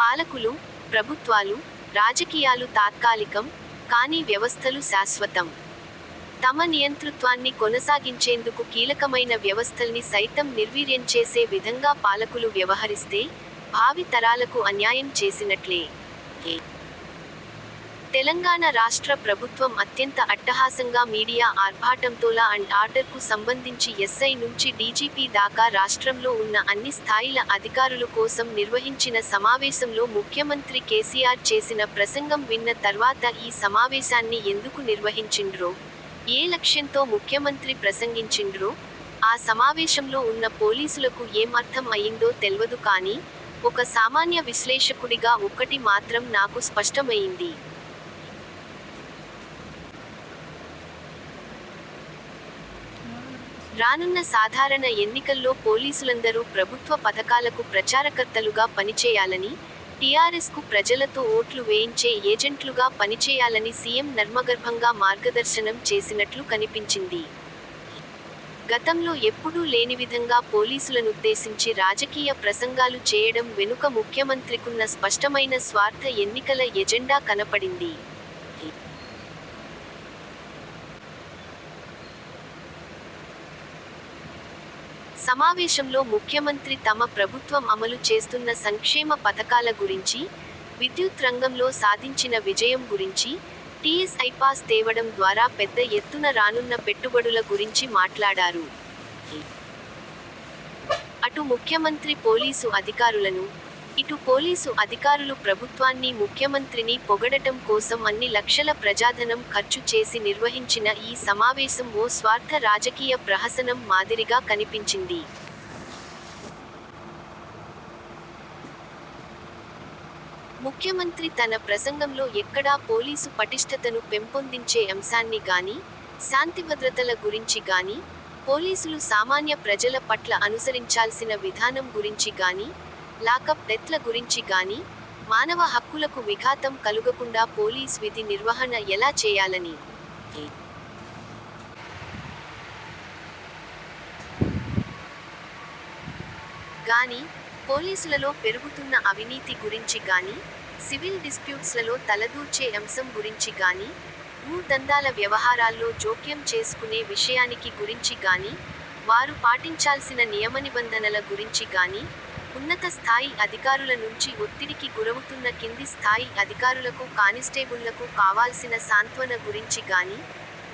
పాలకులు, ప్రభుత్వాలు, రాజకీయాలు తాత్కాలికం, కానీ వ్యవస్థలు శాశ్వతం. తమ నియంతృత్వాన్ని కొనసాగించేందుకు కీలకమైన వ్యవస్థల్ని సైతం నిర్వీర్యంచేసే విధంగా పాలకులు వ్యవహరిస్తే, భావి తరాలకు అన్యాయం చేసినట్లే. తెలంగాణ రాష్ట్ర ప్రభుత్వం అత్యంత అట్టహాసంగా మీడియా ఆర్భాటంతోలా అండ్ ఆర్డర్కు సంబంధించి ఎస్సై నుంచి డీజీపీ దాకా రాష్ట్రంలో ఉన్న అన్ని స్థాయిల అధికారులు కోసం నిర్వహించిన సమావేశంలో ముఖ్యమంత్రి కేసీఆర్ చేసిన ప్రసంగం విన్న తర్వాత ఈ సమావేశాన్ని ఎందుకు నిర్వహించిండ్రో, ఏ లక్ష్యంతో ముఖ్యమంత్రి ప్రసంగించిండ్రో, ఆ సమావేశంలో ఉన్న పోలీసులకు ఏం అర్థం అయ్యిందో తెల్వదు కానీ, ఒక సామాన్య విశ్లేషకుడిగా ఒక్కటి మాత్రం నాకు స్పష్టమయ్యింది. రానున్న సాధారణ ఎన్నికల్లో పోలీసులందరూ ప్రభుత్వ పథకాలకు ప్రచారకర్తలుగా పనిచేయాలని, టీఆర్ఎస్కు ప్రజలతో ఓట్లు వేయించే ఏజెంట్లుగా పనిచేయాలని సీఎం నర్మగర్భంగా మార్గదర్శనం చేసినట్లు కనిపించింది. గతంలో ఎప్పుడూ లేనివిధంగా పోలీసులనుద్దేశించి రాజకీయ ప్రసంగాలు చేయడం వెనుక ముఖ్యమంత్రికున్న స్పష్టమైన స్వార్థ ఎన్నికల ఎజెండా కనపడింది. సమావేశంలో ముఖ్యమంత్రి తమ ప్రభుత్వం అమలు చేస్తున్న సంక్షేమ పథకాల గురించి, విద్యుత్ రంగంలో సాధించిన విజయం గురించి, టీఎస్ ఐపాస్ తేవడం ద్వారా పెద్ద ఎత్తున రానున్న పెట్టుబడుల గురించి మాట్లాడారు. అటు ముఖ్యమంత్రి పోలీసు అధికారులను, ఇటు పోలీసు అధికారులు ప్రభుత్వాన్నీ ముఖ్యమంత్రినీ పొగడటం కోసం అన్ని లక్షల ప్రజాధనం ఖర్చు చేసి నిర్వహించిన ఈ సమావేశం ఓ స్వార్థ రాజకీయ ప్రహసనం మాదిరిగా కనిపించింది. ముఖ్యమంత్రి తన ప్రసంగంలో ఎక్కడా పోలీసు పటిష్ఠతను పెంపొందించే అంశాన్ని గానీ, శాంతిభద్రతల గురించి గానీ, పోలీసులు సామాన్య ప్రజల పట్ల అనుసరించాల్సిన విధానం గురించి గానీ, లాకప్ డెత్ల గురించి గానీ, మానవ హక్కులకు విఘాతం కలుగకుండా పోలీస్ విధి నిర్వహణ ఎలా చేయాలని గానీ, పోలీసులలో పెరుగుతున్న అవినీతి గురించి గానీ, సివిల్ డిస్ప్యూట్స్లలో తలదూర్చే అంశం గురించి గానీ, భూ దందాల వ్యవహారాల్లో జోక్యం చేసుకునే విషయం గురించి గానీ, వారు పాటించాల్సిన నియమనిబంధనల గురించి గానీ, ఉన్నత స్థాయి అధికారుల నుంచి ఒత్తిడికి గురవుతున్న కింది స్థాయి అధికారులకూ కానిస్టేబుళ్ళకూ కావాల్సిన సాంత్వన గురించి గానీ,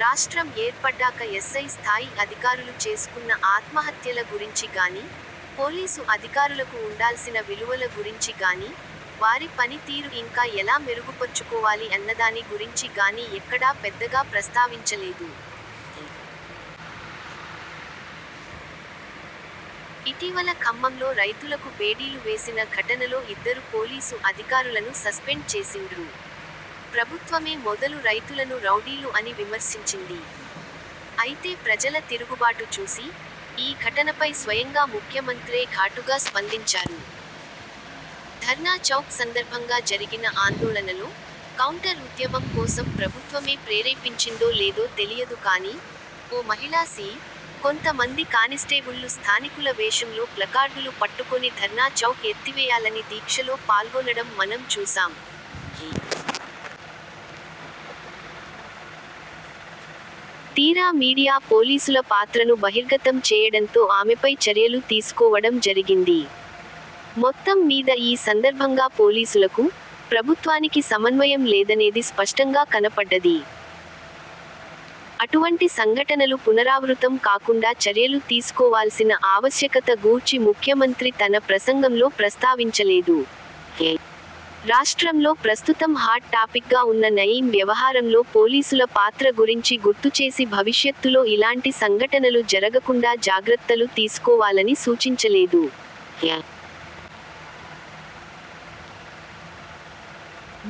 రాష్ట్రం ఏర్పడ్డాక ఎస్సై స్థాయి అధికారులు చేసుకున్న ఆత్మహత్యల గురించి గానీ, పోలీసు అధికారులకు ఉండాల్సిన విలువల గురించి గానీ, వారి పని తీరు ఇంకా ఎలా మెరుగుపర్చుకోవాలి అన్నదాని గురించి గానీ ఎక్కడా పెద్దగా ప్రస్తావించలేదు. ఇటీవల ఖమ్మంలో రైతులకు బేడీలు వేసిన ఘటనలో ఇద్దరు పోలీసు అధికారులను సస్పెండ్ చేసిండ్రు. ప్రభుత్వమే మొదలు రైతులను రౌడీలు అని విమర్శించింది. అయితే ప్రజల తిరుగుబాటు చూసి, ఈ ఘటనపై స్వయంగా ముఖ్యమంత్రే ఘాటుగా స్పందించారు. ధర్నా చౌక్ సందర్భంగా జరిగిన ఆందోళనలో, కౌంటర్ ఉద్యమం కోసం ప్రభుత్వమే ప్రేరేపించిందో లేదో తెలియదు కానీ, ఓ మహిళా సీఐ, కొంత మంది కానిస్టేబుళ్లు స్థానికుల వేషంలో ప్లకార్డులు పట్టుకొని ధర్నా చౌక్ ఎత్తివేయాలని దీక్షలో పాల్గొనడం మనం చూసాం. తీరా మీడియా పోలీసుల పాత్రను బహిర్గతం చేయడంతో ఆమెపై చర్యలు తీసుకోవడం జరిగింది. మొత్తం మీద ఈ సందర్భంగా పోలీసులకు, ప్రభుత్వానికి సమన్వయం లేదనేది స్పష్టంగా కనపడ్డది. అటువంటి సంఘటనలు పునరావృతం కాకుండా చర్యలు తీసుకోవాల్సిన ఆవశ్యకత గూర్చి ముఖ్యమంత్రి తన ప్రసంగంలో ప్రస్తావించలేదు. రాష్ట్రంలో ప్రస్తుతం హాట్ టాపిక్గా ఉన్న నయీం వ్యవహారంలో పోలీసుల పాత్ర గురించి గుర్తుచేసి భవిష్యత్తులో ఇలాంటి సంఘటనలు జరగకుండా జాగ్రత్తలు తీసుకోవాలని సూచించలేదు.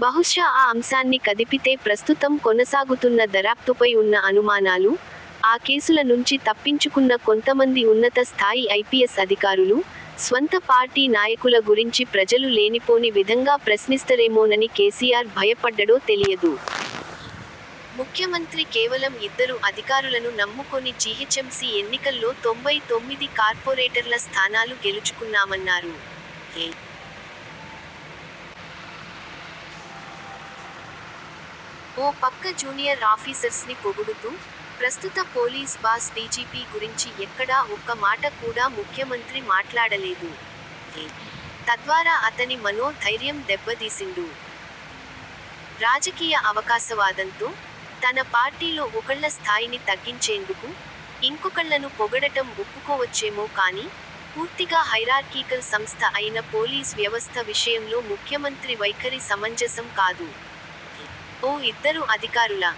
బహుశా ఆ అంశాన్ని కదిపితే ప్రస్తుతం కొనసాగుతున్న దర్యాప్తుపై ఉన్న అనుమానాలు, ఆ కేసుల నుంచి తప్పించుకున్న కొంతమంది ఉన్నత స్థాయి ఐపీఎస్ అధికారులు, స్వంత పార్టీ నాయకుల గురించి ప్రజలు లేనిపోని విధంగా ప్రశ్నిస్తరేమోనని కేసీఆర్ భయపడ్డడో తెలియదు. ముఖ్యమంత్రి కేవలం ఇద్దరు అధికారులను నమ్ముకొని జీహెచ్ఎంసీ ఎన్నికల్లో తొంబై తొమ్మిది కార్పొరేటర్ల స్థానాలు గెలుచుకున్నామన్నారు. ఓ పక్క జూనియర్ ఆఫీసర్స్ని పొగుడుతూ, ప్రస్తుత పోలీస్ బాస్ డీజీపీ గురించి ఎక్కడా ఒక్క మాట కూడా ముఖ్యమంత్రి మాట్లాడలేదు. తద్వారా అతని మనో ధైర్యం దెబ్బదీసిండు. రాజకీయ అవకాశవాదంతో, తన పార్టీలో ఒకళ్ళ స్థాయిని తగ్గించేందుకు, ఇంకొకళ్ళను పొగడటం ఒప్పుకోవచ్చేమో కానీ, పూర్తిగా హైరార్కీకల్ సంస్థ అయిన పోలీస్ వ్యవస్థ విషయంలో ముఖ్యమంత్రి వైఖరి సమంజసం కాదు. ఓ ఇద్దరు అధికారుల